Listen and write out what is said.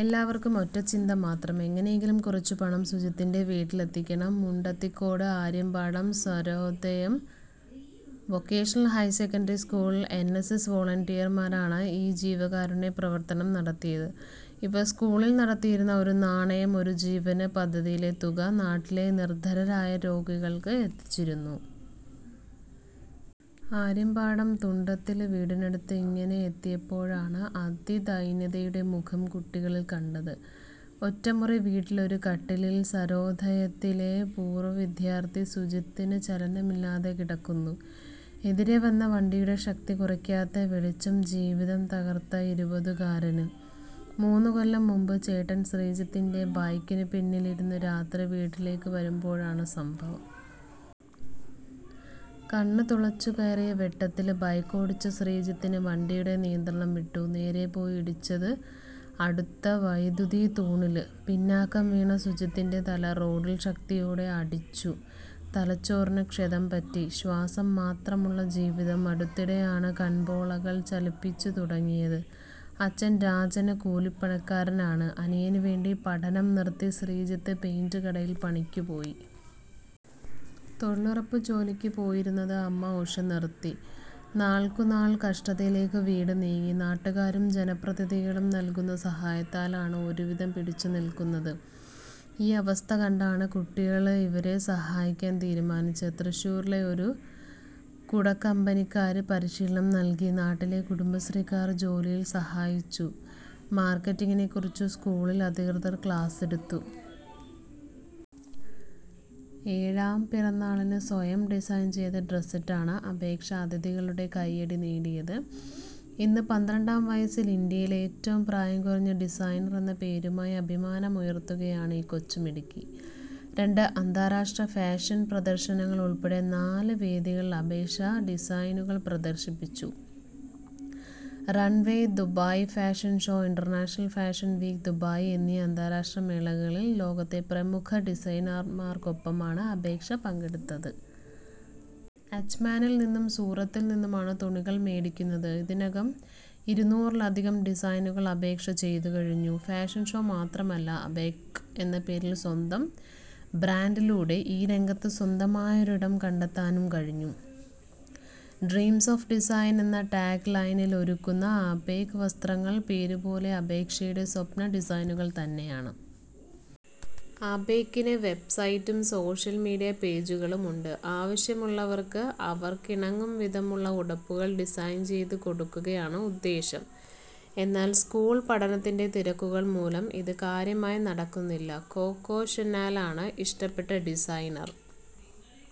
എല്ലാവർക്കും ഒറ്റച്ചിന്തമാത്രം ഇങ്ങനെയെങ്കിലും കുറച്ചുപണം സുജിത്തിന്റെ വീട്ടിലെത്തണം. Mundathikode Aryampadam Sarvodayam vocational higher secondary സ്കൂളിലെ എന്. എസ്. എസ്. വൊളന്റിയർമാരാണ് ഈ ജീവകാരുണ്യപ്രവർത്തനം നടത്തിയത്. ഇവർ സ്കൂളിൽ നടത്തിയിരുന്ന 'ഒരു നാണയം ഒരു ജീവൻ' പദ്ധതിയിലെ തുക നാട്ടിലെ നിർധനരായ രോഗികൾക്ക് എത്തിച്ചിരുന്നു. ആര്യമ്പാടം തുണ്ടത്തിൽ വീടിനടുത്ത് ഇങ്ങനെ എത്തിയപ്പോഴാണ് അതിദൈന്യതയുടെ മുഖം കുട്ടികൾ കണ്ടത്. ഒറ്റമുറിവീട്ടിൽ ഒരു കട്ടിലില് സര്വോദയത്തിലെ പൂർവവിദ്യാർഥി സുജിത്ത് ചലനമില്ലാതെ കിടക്കുന്നു. എതിരേ വന്ന വണ്ടിയുടെ ശക്തി കുറയ്ക്കാത്ത വെളിച്ചം ജീവിതം തകർത്ത ഇരുപതുകാരന്. മൂന്നുകൊല്ലംമുമ്പ് ചേട്ടൻ ശ്രീജിത്തിന്റെ ബൈക്കിനു പിന്നിലിരുന്ന് രാത്രി വീട്ടിലേക്കു വരുമ്പോഴാണ് സംഭവം. കണ്ണുതുളച്ചുകയറിയ വെട്ടത്തില്, ബൈക്കോടിച്ച ശ്രീജിത്തിന് വണ്ടിയുടെ നിയന്ത്രണംവിട്ടു. നേരെ പോയി ഇടിച്ചത് അടുത്ത വൈദ്യുതിത്തൂണില്. പിന്നാക്കം വീണ സുജിത്തിന്റെ തല റോഡില് ശക്തിയോടെ അടിച്ചു. തലച്ചോറിന് ക്ഷതം പറ്റി. ശ്വാസംമാത്രമുള്ള ജീവിതം. അടുത്തിടെയാണ് കൺപോളകൾ ചലിപ്പിച്ചുതുടങ്ങിയത്. അച്ഛൻ രാജൻ കൂലിപ്പണിക്കാരനാണ്. അനിയനുവേണ്ടി പഠനം നിർത്തി ശ്രീജിത്ത് പെയിന്റുകടയിൽ പണിക്കുപോയി. തൊഴിലുറപ്പുജോലിക്കു പോയിരുന്നത് അമ്മ ഉഷ നിർത്തി. നാൾക്കുനാൾ കഷ്ടതയിലേക്കു വീട് നീങ്ങി. നാട്ടുകാരും ജനപ്രതിനിധികളും നൽകുന്ന സഹായത്താലാണ് ഒരുവിധം പിടിച്ചുനിൽക്കുന്നത്. ഈ അവസ്ഥ കണ്ടാണ് കുട്ടികൾ ഇവരെ സഹായിക്കാൻ തീരുമാനിച്ചത്. തൃശ്ശൂരിലെ ഒരു കുടക്കമ്പനിക്കാർ പരിശീലനം നൽകി. നാട്ടിലെ കുടുംബശ്രീക്കാർ ജോലിയിൽ സഹായിച്ചു. മാർക്കറ്റിങ്ങിനെക്കുറിച്ച് സ്കൂൾ അധികൃതർ ക്ലാസെടുത്തു. ഏഴാം പിറന്നാളിന് സ്വയം ഡിസൈൻ ചെയ്ത ഡ്രസ്സിട്ടാണ് അപേക്ഷ അതിഥികളുടെ കൈയടി നേടിയത്. ഇന്ന് പന്ത്രണ്ടാംവയസ്സിൽ ഇന്ത്യയിലെ ഏറ്റവും പ്രായം കുറഞ്ഞ ഡിസൈനറെന്ന പേരുമായി അഭിമാനമുയർത്തുകയാണ് ഈ കൊച്ചു മിടുക്കി. രണ്ട് അന്താരാഷ്ട്ര ഫാഷൻ പ്രദർശനങ്ങൾ ഉൾപ്പെടെ നാല് വേദികളിൽ അപേക്ഷ ഡിസൈനുകൾ പ്രദർശിപ്പിച്ചു. Runway Dubai fashion show, international fashion week Dubai എന്നീ അന്താരാഷ്ട്ര മേളകളിൽ ലോകത്തെ പ്രമുഖ ഡിസൈനർമാർക്കൊപ്പമാണ് അപേക്ഷ പങ്കെടുത്തത്. അജ്മാനിൽ നിന്നും സൂറത്തിൽ നിന്നുമാണ് തുണികൾ മേടിക്കുന്നത്. ഇതിനകം ഇരുനൂറിലധികം ഡിസൈനുകൾ അപേക്ഷ ചെയ്തുകഴിഞ്ഞു. ഫാഷൻ ഷോ മാത്രമല്ല 'അപേക്' എന്ന സ്വന്തം ബ്രാൻഡിലൂടെ ഈ രംഗത്ത് സ്വന്തമായൊരിടം കണ്ടെത്താനും കഴിഞ്ഞു. ഡ്രീംസ് ഓഫ് ഡിസൈൻ എന്ന ടാഗ് ലൈനിൽ ഒരുക്കുന്ന അപേക് വസ്ത്രങ്ങൾ പേരുപോലെ അപേക്ഷയുടെ സ്വപ്ന ഡിസൈനുകൾ തന്നെയാണ്. അപേകിന് വെബ്സൈറ്റും സോഷ്യൽ മീഡിയ പേജുകളുമുണ്ട്. ആവശ്യമുള്ളവർക്ക് അവർക്കിണങ്ങും വിധമുള്ള ഉടുപ്പുകൾ ഡിസൈൻ ചെയ്തു കൊടുക്കുകയാണ് ഉദ്ദേശ്യം. എന്നാൽ സ്കൂൾ പഠനത്തിന്റെ തിരക്കുകൾ മൂലം ഇത് കാര്യമായി നടക്കുന്നില്ല. കൊക്കോ ഷാനലാണ് ഇഷ്ടപ്പെട്ട ഡിസൈനർ.